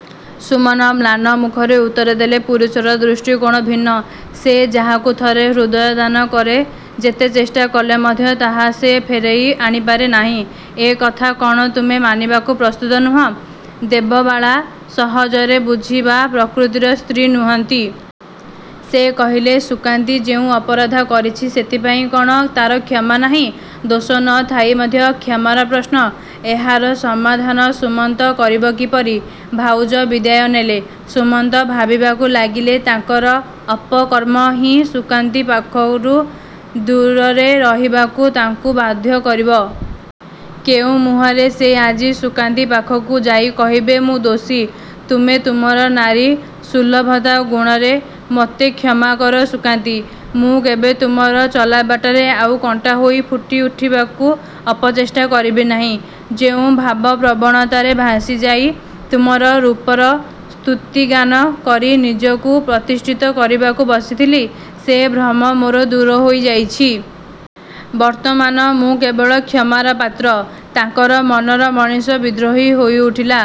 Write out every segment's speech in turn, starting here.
'' ସୁମନ୍ତ ମ୍ଳାନ ମୁଖରେ ଉତ୍ତରଦେଲେ, ''ପୁରୁଷର ଦୃଷ୍ଟିକୋଣ ଭିନ୍ନ। ସେ ଯାହାକୁ ଥରେ ହୃଦୟ ଦାନ କରେ। ଯେତେ ଚେଷ୍ଟାକଲେ ମଧ୍ୟ ତାହା ସେ ଫେରାଇ ଆଣିପାରେ ନାହିଁ। ଏ କଥା କ'ଣ ତୁମେ ମାନିବାକୁ ପ୍ରସ୍ତୁତ ନୁହଁ? '' ଦେବବାଳା ସହଜରେ ବୁଝିବା ପ୍ରକୃତିର ସ୍ତ୍ରୀ ନୁହଁନ୍ତି। ସେ କହିଲେ, ''ସୁକାନ୍ତୀ ଯେଉଁ ଅପରାଧ କରିଛି ସେଥିପାଇଁ କ'ଣ ତା'ର କ୍ଷମା ନାହିଁ? '' ଦୋଷ ନ ଥାଇ ମଧ୍ୟ କ୍ଷମାର ପ୍ରଶ୍ନ? ଏହାର ସମାଧାନ ସୁମନ୍ତ ବା କରିବ କିପରି? ଭାଉଜ ବିଦାୟ ନେଲେ। ସୁମନ୍ତ ଭାବିବାକୁ ଲାଗିଲେ ତାଙ୍କର ଅପକର୍ମ ହିଁ ସୁକାନ୍ତୀ ପାଖରୁ ଦୂରରେରହିବାକୁ ତାଙ୍କୁ ବାଧ୍ୟ କରିବ। କେଉଁ ମୁହଁରେ ସେ ଆଜି ସୁକାନ୍ତୀ ପାଖକୁ ଯାଇ କହିବେ, ''ମୁଁ ଦୋଷୀ। ତୁମେ ତୁମର ନାରୀ ସୁଲଭତା ଗୁଣରେ ମୋତେ କ୍ଷମାକର ସୁକାନ୍ତୀ। ମୁଁ କେବେ ତୁମର ଚଲାବାଟରେ ଆଉ କଣ୍ଟାହୋଇ ଫୁଟିଉଠିବାକୁ ଅପଚେଷ୍ଟା କରିବି ନାହିଁ। ଯେଉଁ ଭାବପ୍ରବଣତାରେ ଭାସିଯାଇ ତୁମର ରୂପର ସ୍ତୁତିଗାନ କରି ନିଜକୁ ପ୍ରତିଷ୍ଠିତ କରିବାକୁ ବସିଥିଲି, ସେ ଭ୍ରମ ମୋର ଦୂର ହୋଇଯାଇଛି। ବର୍ତ୍ତମାନ ମୁଁ କେବଳ କ୍ଷମାର ପାତ୍ର। '' ତାଙ୍କର ମନର ମଣିଷ ବିଦ୍ରୋହୀ ହୋଇଉଠିଲା।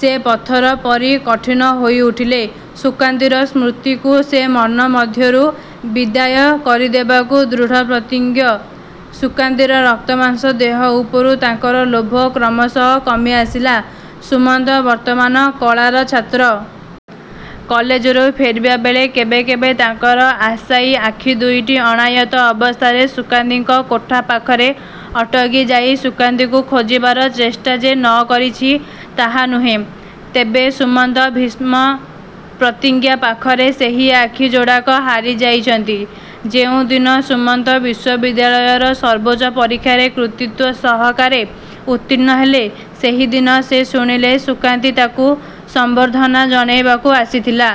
ସେ ପଥର ପରି କଠିନ ହୋଇଉଠିଲେ। ସୁକାନ୍ତୀର ସ୍ମୃତିକୁ ସେ ମନ ମଧ୍ୟରୁ ବିଦାୟ କରିଦେବାକୁ ଦୃଢ଼ପ୍ରତିଜ୍ଞ। ସୁକାନ୍ତୀର ରକ୍ତମାଂସ ଦେହ ଉପରୁ ତାଙ୍କର ଲୋଭ କ୍ରମଶଃ କମିଆସିଲା। ସୁମନ୍ତ ବର୍ତ୍ତମାନ କଳାର ଛାତ୍ର। କଲେଜରୁ ଫେରିବାବେଳେ କେବେକେବେ ତାଙ୍କର ଆଶାୟୀ ଆଖି ଦୁଇଟି ଅଣାୟତ୍ତ ଅବସ୍ଥାରେ ସୁକାନ୍ତୀଙ୍କ କୋଠା ପାଖରେ ଅଟକି ଯାଇ ସୁକାନ୍ତୀକୁ ଖୋଜିବାର ଚେଷ୍ଟା ଯେ ନ କରିଛି ତାହା ନୁହେଁ, ତେବେ ସୁମନ୍ତର ଭୀଷ୍ମ ପ୍ରତିଜ୍ଞା ପାଖରେ ସେହି ଆଖି ଯୋଡ଼ାକ ହାରି ଯାଇଛନ୍ତି। ଯେଉଁ ଦିନ ସୁମନ୍ତ ବିଶ୍ୱବିଦ୍ୟାଳୟର ସର୍ବୋଚ୍ଚ ପରୀକ୍ଷାରେ କୃତିତ୍ଵ ସହକାରେ ଉତ୍ତୀର୍ଣ୍ଣ ହେଲେ, ସେଦିନ ସେ ଶୁଣିଲେ ସୁକାନ୍ତୀ ତାଙ୍କୁ ସମ୍ବର୍ଦ୍ଧନା ଜଣାଇବାକୁ ଆସିଥିଲା।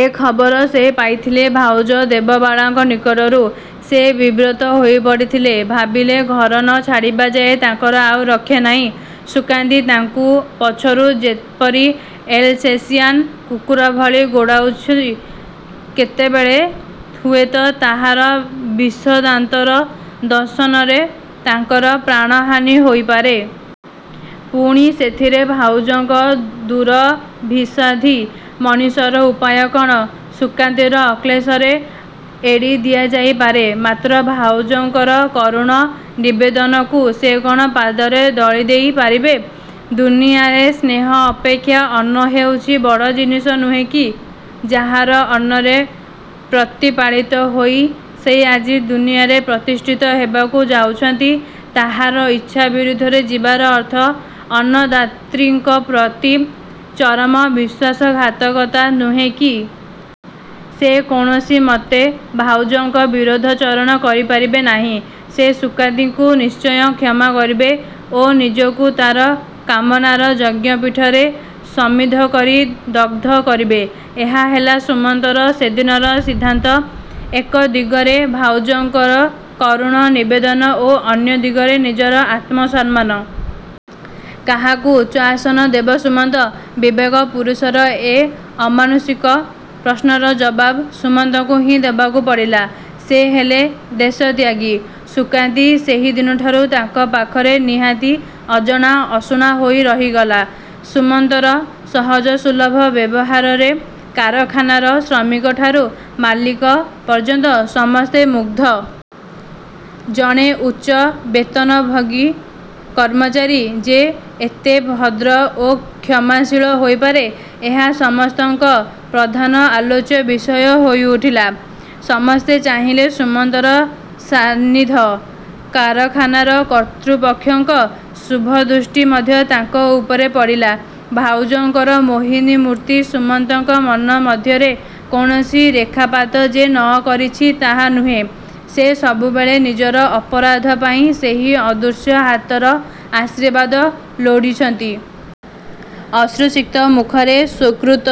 ଏ ଖବର ସେ ପାଇଥିଲେ ଭାଉଜ ଦେବବାଳାଙ୍କ ନିକଟରୁ। ସେ ବିବ୍ରତ ହୋଇପଡ଼ିଥିଲେ। ଭାବିଲେ ଘର ନ ଛାଡ଼ିବା ଯାଏ ତାଙ୍କର ଆଉ ରକ୍ଷାନାହିଁ। ସୁକାନ୍ତୀ ତାଙ୍କୁ ପଛରୁ ଯେପରି ଏଲସେସିଆନ୍ କୁକୁର ଭଳି ଗୋଡ଼ାଉଛି କେତେବେଳେ ହୁଏତ ତାହାର ବିଷଦାନ୍ତର ଦଂଶନରେ ତାଙ୍କର ପ୍ରାଣହାନୀ ହୋଇପାରେ। ପୁଣି ସେଥିରେ ଭାଉଜଙ୍କର ଦୁରଭିସନ୍ଧି! ମଣିଷର ଉପାୟ କ'ଣ? ସୁକାନ୍ତୀକୁ ଅକ୍ଳେଶରେ ଏଡ଼ିଦିଆଯାଇପାରେ; ମାତ୍ର ଭାଉଜଙ୍କର କରୁଣ ନିବେଦନକୁ ସେ କ'ଣ ପାଦରେ ଦଳିଦେଇ ପାରିବେ? ଦୁନିଆରେ ସ୍ନେହ ଅପେକ୍ଷା ଅନ୍ନ ହେଉଛି ବଡ଼ ଜିନିଷ ନୁହେଁ କି? ଯାହାର ଅନ୍ନରେ ପ୍ରତିପାଳିତ ହୋଇ ସେ ଆଜି ଦୁନିଆରେ ପ୍ରତିଷ୍ଠିତ ହେବାକୁ ଯାଉଛନ୍ତି ତାଙ୍କର ଇଚ୍ଛା ବିରୁଦ୍ଧରେ ଯିବାର ଅର୍ଥ ଅନ୍ନଦାତ୍ରୀଙ୍କପ୍ରତି ଚରମ ବିଶ୍ୱାସଘାତକତା ନୁହେଁ କି? ସେ କୌଣସିମତେ ଭାଉଜଙ୍କ ବିରୁଦ୍ଧାଚରଣ କରିପାରିବେ ନାହିଁ। ସେ ସୁକାନ୍ତୀକୁ ନିଶ୍ଚୟ କ୍ଷମା କରିବେ ଓ ନିଜକୁ ତା'ର କାମନାର ଯଜ୍ଞପୀଠରେ ସମିଧ କରି ଦଗ୍ଧ କରିବେ। ଏହା ହେଲା ସୁମନ୍ତର ସେଦିନର ସିଦ୍ଧାନ୍ତ। ଏକ ଦିଗରେ ଭାଉଜଙ୍କର କରୁଣ ନିବେଦନ ଓ ଅନ୍ୟ ଦିଗରେ ନିଜର ଆତ୍ମସମ୍ମାନ। କାହାକୁ ଉଚ୍ଚଆସନ ଦେବ ସୁମନ୍ତ? ବିବେକ ପୁରୁଷର ଏ ଅମାନୁଷିକ ପ୍ରଶ୍ନର ଜବାବ୍ ସୁମନ୍ତଙ୍କୁ ହିଁ ଦେବାକୁ ପଡ଼ିଲା। ସେ ହେଲେ ଦେଶତ୍ୟାଗୀ। ସୁକାନ୍ତୀ ସେହିଦିନଠାରୁ ତାଙ୍କ ପାଖରେ ନିହାତି ଅଜଣା, ଅଶୁଣା ହୋଇ ରହିଗଲା। ସୁମନ୍ତର ସହଜସୁଲଭ ବ୍ୟବହାରରେ କାରଖାନାର ଶ୍ରମିକଠାରୁ ମାଲିକ ପର୍ଯ୍ୟନ୍ତ ସମସ୍ତେ ମୁଗ୍ଧ। ଜଣେ ଉଚ୍ଚ ବେତନଭୋଗୀ କର୍ମଚାରୀ ଯେ ଏତେ ଭଦ୍ର ଓ କ୍ଷମାଶୀଳ ହୋଇପାରେ ଏହା ସମସ୍ତଙ୍କର ପ୍ରଧାନ ଆଲୋଚ୍ୟ ବିଷୟ ହୋଇଉଠିଲା। ସମସ୍ତେ ଚାହିଁଲେ ସୁମନ୍ତର ସାନିଧ୍ୟ। କାରଖାନାର କର୍ତ୍ତୃପକ୍ଷଙ୍କ ଶୁଭଦୃଷ୍ଟି ମଧ୍ୟ ତାଙ୍କ ଉପରେ ପଡ଼ିଲା। ଭାଉଜଙ୍କର ମୋହିନୀ ମୂର୍ତ୍ତି ସୁମନ୍ତଙ୍କ ମନ ମଧ୍ୟରେ କୌଣସି ରେଖାପାତ ଯେ ନ କରିଛି ତାହା ନୁହେଁ, ସେ ସବୁବେଳେ ନିଜର ଅପରାଧ ପାଇଁ ସେହି ଅଦୃଶ୍ୟ ହାତର ଆଶୀର୍ବାଦ ଲୋଡ଼ିଛନ୍ତି। ଅଶ୍ରୁସିକ୍ତ ମୁଖରେ ସ୍ୱକୃତ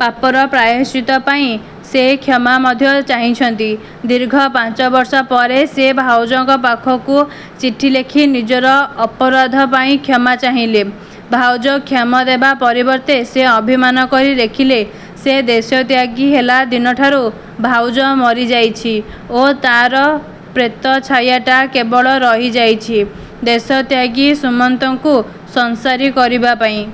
ପାପର ପ୍ରାୟଶ୍ଚିତ୍ତ ପାଇଁ ସେ କ୍ଷମା ମଧ୍ୟ ଚାହିଁଛନ୍ତି। ଦୀର୍ଘ ପାଞ୍ଚବର୍ଷ ପରେ ସେ ଭାଉଜଙ୍କ ପାଖକୁ ଚିଠି ଲେଖି ନିଜର ଅପରାଧ ପାଇଁ କ୍ଷମା ଚାହିଁଲେ। ଭାଉଜ କ୍ଷମାଦେବା ପରିବର୍ତ୍ତେ ସେ ଅଭିମାନ କରି ଲେଖିଲେ, 'ସେ ଦେଶତ୍ୟାଗୀ ହେଲା ଦିନଠାରୁ ଭାଉଜ ମରିଯାଇଛି ଓ ତା'ର ପ୍ରେତ ଛାୟାଟା କେବଳ ରହିଯାଇଛି ଦେଶତ୍ୟାଗୀ ସୁମନ୍ତଙ୍କୁ ସଂସାରୀ କରିବା ପାଇଁ।